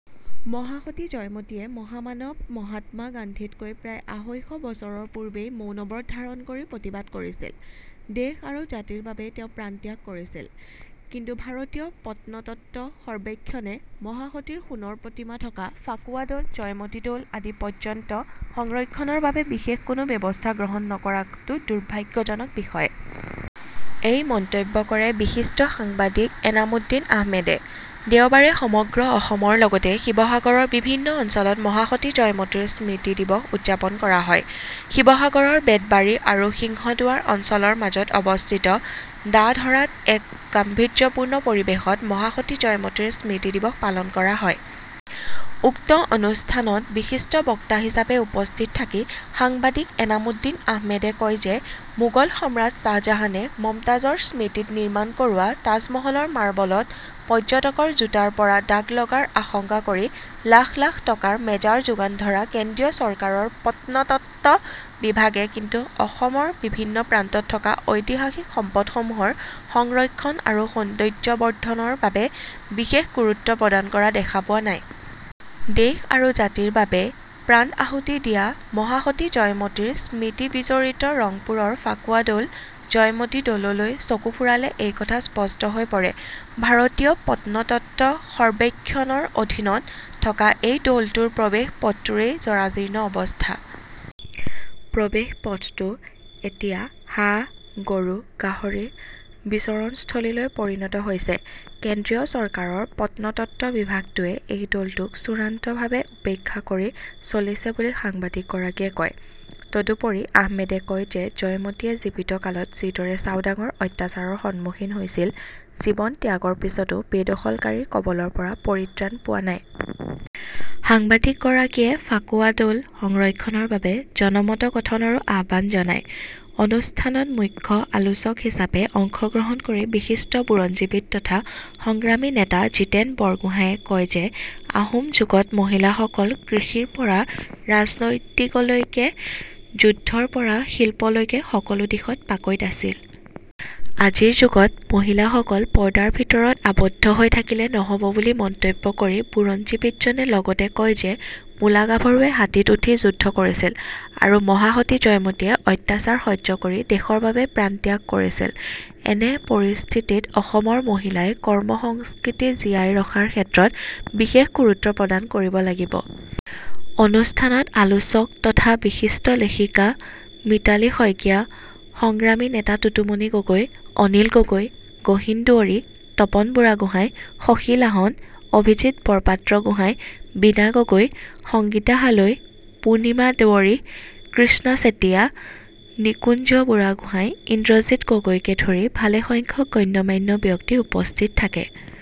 মহাসতী জয়মতীয়ে মহামানৱ মহাত্মা গান্ধীতকৈ প্ৰায় আঢ়ৈশ বছৰৰ পূৰ্বেই মৌন ব্ৰত ধাৰণ কৰি প্ৰতিবাদ কৰিছিল। দেশ আৰু জাতিৰ বাবে তেওঁ প্ৰাণত্যাগ কৰিছিল। কিন্তু ভাৰতীয় প্ৰত্নতত্ত্ব সৰ্বেক্ষণে মহাসতীৰ সোণৰ প্ৰতিমা থকা ফাকুৱা দৌল জয়মতী দৌল আজি পৰ্যন্ত সংৰক্ষণৰ বাবে বিশেষ কোনো ব্যৱস্থা গ্ৰহণ নকৰাটো দুৰ্ভাগ্যজনক বিষয়। এই মন্তব্য কৰে বিশিষ্ট সাংবাদিক এনামুদ্দিন আহমেদে। দেওবাৰে সমগ্ৰ অসমৰ লগতে শিৱসাগৰৰ বিভিন্ন অঞ্চলত মহাসতী জয়মতীৰ স্মৃতি দিৱস উদযাপন কৰা হয়। শিৱসাগৰৰ বেতবাৰী আৰু সিংহদুৱাৰ অঞ্চলৰ মাজত অৱস্থিত ভাধৰাত এক গাম্ভীৰ্যপূৰ্ণ পৰিৱেশত মহাসতী জয়মতীৰ স্মৃতি দিৱস পালন কৰা হয়। উক্ত অনুষ্ঠানত বিশিষ্ট বক্তা হিচাপে উপস্থিত থাকি সাংবাদিক এনামুদ্দিন আহমেদে কয় যে মোগল সম্ৰাট শ্বাহজাহানে মমতাজৰ স্মৃতিত নিৰ্মাণ কৰোৱা তাজমহলৰ মাৰ্বলত পৰ্যটকৰ জোতাৰ পৰা দাগ লগাৰ আশংকা কৰি লাখ লাখ টকাৰ মেজাৰ যোগান ধৰা কেন্দ্ৰীয় চৰকাৰৰ প্ৰত্নতত্ত্ব বিভাগে কিন্তু অসমৰ বিভিন্ন প্ৰান্তত থকা ঐতিহাসিক সম্পদসমূহৰ সংৰক্ষণ আৰু সৌন্দৰ্যবৰ্ধনৰ বাবে বিশেষ গুৰুত্ব প্ৰদান কৰা দেখা পোৱা নাই। দেশ আৰু জাতিৰ বাবে প্ৰাণ আহুতি দিয়া মহাসতী জয়মতীৰ স্মৃতিবিজড়িত ৰংপুৰৰ ফাকুৱা দৌল জয়মতী দৌললৈ চকু ফুৰালে এই কথা স্পষ্ট হৈ পৰে। ভাৰতীয় প্ৰত্নতত্ত্ব সৰ্বেক্ষণৰ অধীনত থকা এই দৌলটোৰ প্ৰৱেশ পথটোৰেই জৰাজীৰ্ণ অৱস্থা। প্ৰৱেশ পথটো এতিয়া হাঁহ, গৰু, গাহৰিৰ বিচৰণস্থলীলৈ পৰিণত হৈছে। কেন্দ্ৰীয় চৰকাৰৰ প্ৰত্নতত্ত্ব বিভাগটোৱে এই দৌলটোক চূড়ান্তভাৱে উপেক্ষা কৰি চলিছে বুলি সাংবাদিকগৰাকীয়ে কয়। তদুপৰি আহমেদে কয় যে জয়মতীয়ে জীৱিত কালত যিদৰে চাওদাঙৰ অত্যাচাৰৰ সন্মুখীন হৈছিল, জীৱন ত্যাগৰ পিছতো বেদখলকাৰীৰ কবলৰ পৰা পৰিত্ৰাণ পোৱা নাই। সাংবাদিকগৰাকীয়ে ফাকুৱা দৌল সংৰক্ষণৰ বাবে জনমত গঠনৰো আহ্বান জনায়। অনুষ্ঠানত মুখ্য আলোচক হিচাপে অংশগ্ৰহণ কৰি বিশিষ্ট বুৰঞ্জীবিদ তথা সংগ্ৰামী নেতা জীতেন বৰপাত্ৰগোহাঁয়ে কয় যে আহোম যুগত মহিলাসকল কৃষিৰ পৰা ৰাজনীতিলৈকে, যুদ্ধৰ পৰা শিল্পলৈকে সকলো দিশত পাকৈত আছিল। আজিৰ যুগত মহিলাসকল পৰ্দাৰ ভিতৰত আবদ্ধ হৈ থাকিলে নহব বুলি মন্তব্য কৰি বুৰঞ্জীবিদজনে লগতে কয় যে মূলাগাভৰুৱে হাতীত উঠি যুদ্ধ কৰিছিল আৰু মহাসতী জয়মতীয়ে অত্যাচাৰ সহ্য কৰি দেশৰ বাবে প্ৰাণ ত্যাগ কৰিছিল। এনে পৰিস্থিতিত অসমৰ মহিলাই কৰ্মসংস্কৃতি জীয়াই ৰখাৰ ক্ষেত্ৰত বিশেষ গুৰুত্ব প্ৰদান কৰিব লাগিব। অনুষ্ঠানত আলোচক তথা বিশিষ্ট লেখিকা মিতালী শইকীয়া, সংগ্ৰামী নেতা টুটুমণি গগৈ, অনিল গগৈ, গহীন দুৱৰী, তপন বুঢ়াগোহাঁই, শশী লাহন, অভিজিৎ বৰপাত্ৰগোহাঁই, বীণা গগৈ, সংগীতা হালৈ, পূৰ্ণিমা দুৱৰী, কৃষ্ণা চেতিয়া, নিকুঞ্জ বুঢ়াগোহাঁই, ইন্দ্ৰজিৎ গগৈকে ধৰি ভালেসংখ্যক গণ্যমান্য ব্যক্তি উপস্থিত থাকে।